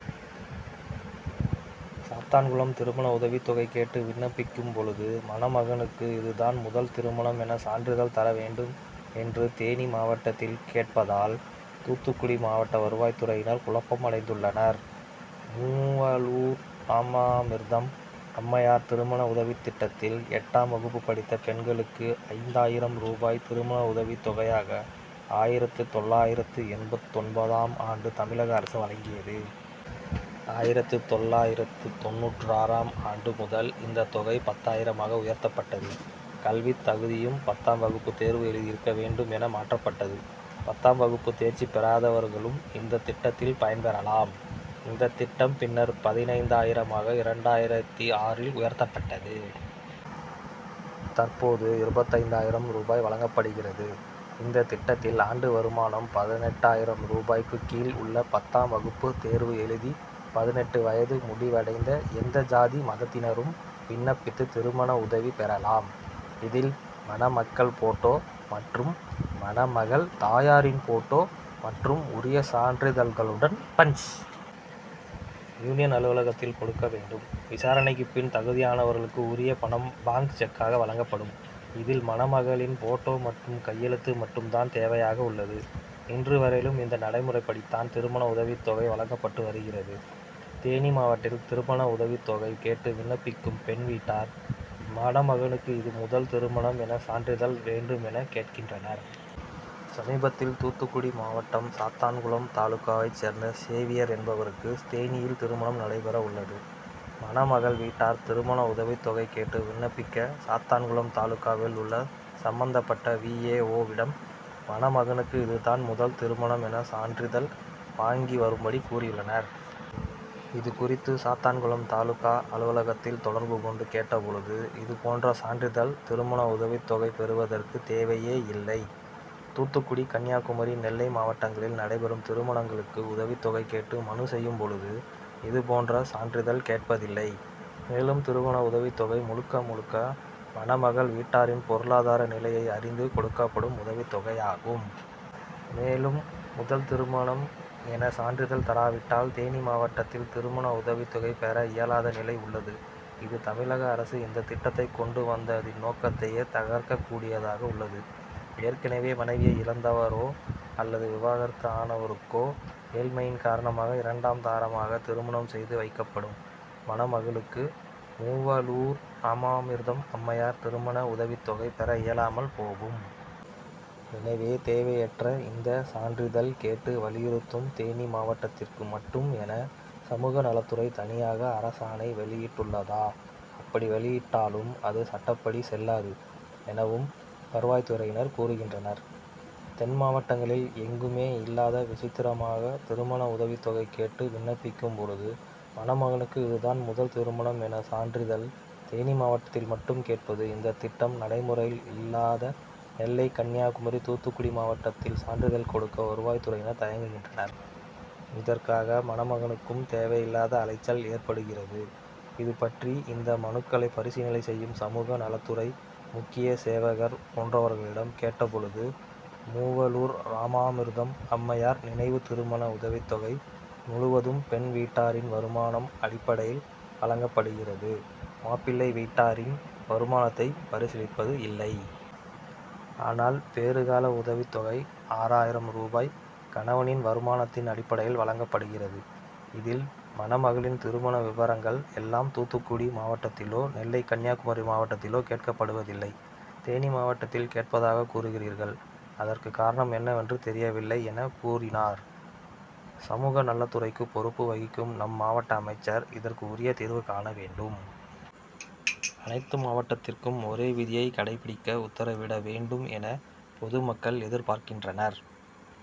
சாத்தான்குளம் திருமண உதவித்தொகை கேட்டு விண்ணப்பிக்கும் பொழுது மணமகனுக்கு இதுதான் முதல் திருமணம் என சான்றிதழ் தர வேண்டும் என்று தேனி மாவட்டத்தில் கேட்பதால் தூத்துக்குடி மாவட்ட வருவாய்த்துறையினர் குழப்பமடைந்துள்ளனர். மூவலூர் ராமாமிர்தம் அம்மையார் திருமண உதவித்திட்டத்தில் எட்டாம் வகுப்பு படித்த பெண்களுக்கு ஐந்தாயிரம் ரூபாய் திருமண உதவித்தொகையாக ஆயிரத்து தொள்ளாயிரத்து எண்பத்தொன்பதாம் ஆண்டு தமிழக அரசு வழங்கியது. ஆயிரத்து தொள்ளாயிரத்து தொண்ணூற்றாறாம் ஆண்டு முதல் இந்தத் தொகை பத்தாயிரமாக உயர்த்தப்பட்டது. கல்வித்தகுதியும் பத்தாம் வகுப்பு தேர்வு எழுதி இருக்க வேண்டும் என மாற்றப்பட்டது. பத்தாம் வகுப்பு தேர்ச்சி பெறாதவர்களும் இந்தத் திட்டத்தில் பயன் பெறலாம். இந்தத் திட்டம் பின்னர் பதினைந்தாயிரமாக இரண்டாயிரத்து ஆறில் உயர்த்தப்பட்டது. தற்போது இருபத்தைந்தாயிரம் ரூபாய் வழங்கப்படுகிறது. இந்தத் திட்டத்தில் ஆண்டு வருமானம் பதினெட்டாயிரம் ரூபாய்க்கு கீழ் உள்ள பத்தாம் வகுப்பு தேர்வு எழுதி பதினெட்டு வயது முடிவடைந்த எந்த ஜாதி மதத்தினரும் விண்ணப்பித்து திருமண உதவி பெறலாம். இதில் மணமக்கள் போட்டோ மற்றும் மணமகள் தாயாரின் போட்டோ மற்றும் உரிய சான்றிதழ்களுடன் பஞ். யூனியன் அலுவலகத்தில் கொடுக்க வேண்டும். விசாரணைக்குப் பின் தகுதியானவர்களுக்கு உரிய பணம் பாங்க் செக்காக வழங்கப்படும். இதில் மணமகளின் போட்டோ மற்றும் கையெழுத்து மட்டும் தான் தேவையாக உள்ளது. இன்று வரையிலும் இந்த நடைமுறைப்படித்தான் திருமண உதவித்தொகை வழங்கப்பட்டு வருகிறது. தேனி மாவட்டத்தில் திருமண உதவித்தொகை கேட்டு விண்ணப்பிக்கும் பெண் வீட்டார் மணமகனுக்கு இது முதல் திருமணம் என சான்றிதழ் வேண்டும் என கேட்கின்றனர். சமீபத்தில் தூத்துக்குடி மாவட்டம் சாத்தான்குளம் தாலுகாவைச் சேர்ந்த சேவியர் என்பவருக்கு தேனியில் திருமணம் நடைபெற உள்ளது. மணமகள் வீட்டார் திருமண உதவித்தொகை கேட்டு விண்ணப்பிக்க சாத்தான்குளம் தாலுகாவில் உள்ள சம்பந்தப்பட்ட வி. ஏ. ஓ.விடம் மணமகனுக்கு இதுதான் முதல் திருமணம் என சான்றிதழ் வாங்கி வரும்படி கூறியுள்ளனர். இது குறித்து சாத்தான்குளம் தாலுகா அலுவலகத்தில் தொடர்பு கொண்டு கேட்ட பொழுது இது போன்ற சான்றிதழ் திருமண உதவித்தொகை பெறுவதற்கு தேவையே இல்லை. தூத்துக்குடி கன்னியாகுமரி நெல்லை மாவட்டங்களில் நடைபெறும் திருமணங்களுக்கு உதவித்தொகை கேட்டு மனு செய்யும் பொழுது இது போன்ற சான்றிதழ் கேட்பதில்லை. மேலும் திருமண உதவித்தொகை முழுக்க முழுக்க மணமகள் வீட்டாரின் பொருளாதார நிலையை அறிந்து கொடுக்கப்படும் உதவித்தொகையாகும். மேலும் முதல் திருமணம் என சான்றிதழ் தராவிட்டால் தேனி மாவட்டத்தில் திருமண உதவித்தொகை பெற இயலாத நிலை உள்ளது. இது தமிழக அரசு இந்தத் திட்டத்தைக் கொண்டு வந்ததின் நோக்கத்தையே தகர்க்கக்கூடியதாக உள்ளது. ஏற்கனவே மனைவியை இழந்தவரோ அல்லது விவாகரத்து ஆனவருக்கோ ஏழ்மையின் காரணமாக இரண்டாம் தாரமாக திருமணம் செய்து வைக்கப்படும் மணமகளுக்கு மூவலூர் ராமாமிர்தம் அம்மையார் திருமண உதவித்தொகை பெற இயலாமல் போகும். எனவே தேவையற்ற இந்த சான்றிதழ் கேட்டு வலியுறுத்தும் தேனி மாவட்டத்திற்கு மட்டும் என சமூக நலத்துறை தனியாக அரசாணை வெளியிட்டுள்ளதா அப்படி வெளியிட்டாலும் அது சட்டப்படி செல்லாது எனவும் வருவாய்த்துறையினர் கூறுகின்றனர். தென்மாவட்டங்களில் எங்குமே இல்லாத விசித்திரமாக திருமண உதவித்தொகை கேட்டு விண்ணப்பிக்கும் பொழுது மணமகனுக்கு இதுதான் முதல் திருமணம் என சான்றிதழ் தேனி மாவட்டத்தில் மட்டும் கேட்பது இந்த திட்டம் நடைமுறையில் இல்லாத நெல்லை கன்னியாகுமரி தூத்துக்குடி மாவட்டத்தில் சான்றிதழ் கொடுக்க வருவாய்த்துறையினர் தயங்குகின்றனர். இதற்காக மணமகனுக்கும் தேவையில்லாத அலைச்சல் ஏற்படுகிறது. இது பற்றி இந்த மனுக்களை பரிசீலனை செய்யும் சமூக நலத்துறை முக்கிய சேவகர் போன்றவர்களிடம் கேட்ட பொழுது மூவலூர் ராமாமிர்தம் அம்மையார் நினைவு திருமண உதவித்தொகை முழுவதும் பெண் வீட்டாரின் வருமானம் அடிப்படையில் வழங்கப்படுகிறது. மாப்பிள்ளை வீட்டாரின் வருமானத்தை பரிசீலிப்பது இல்லை. ஆனால் பேறு கால உதவித்தொகை ஆறாயிரம் ரூபாய் கணவனின் வருமானத்தின் அடிப்படையில் வழங்கப்படுகிறது. இதில் மணமகளின் திருமண விபரங்கள் எல்லாம் தூத்துக்குடி மாவட்டத்திலோ நெல்லை கன்னியாகுமரி மாவட்டத்திலோ கேட்கப்படுவதில்லை. தேனி மாவட்டத்தில் கேட்பதாகக் கூறுகிறீர்கள். அதற்கு காரணம் என்னவென்று தெரியவில்லை என கூறினார். சமூக நலத்துறைக்கு பொறுப்பு வகிக்கும் நம் மாவட்ட அமைச்சர் இதற்கு உரிய தீர்வு காண வேண்டும். அனைத்து மாவட்டத்திற்கும் ஒரே விதியை கடைபிடிக்க உத்தரவிட வேண்டும் என பொது மக்கள் எதிர்பார்க்கின்றனர்.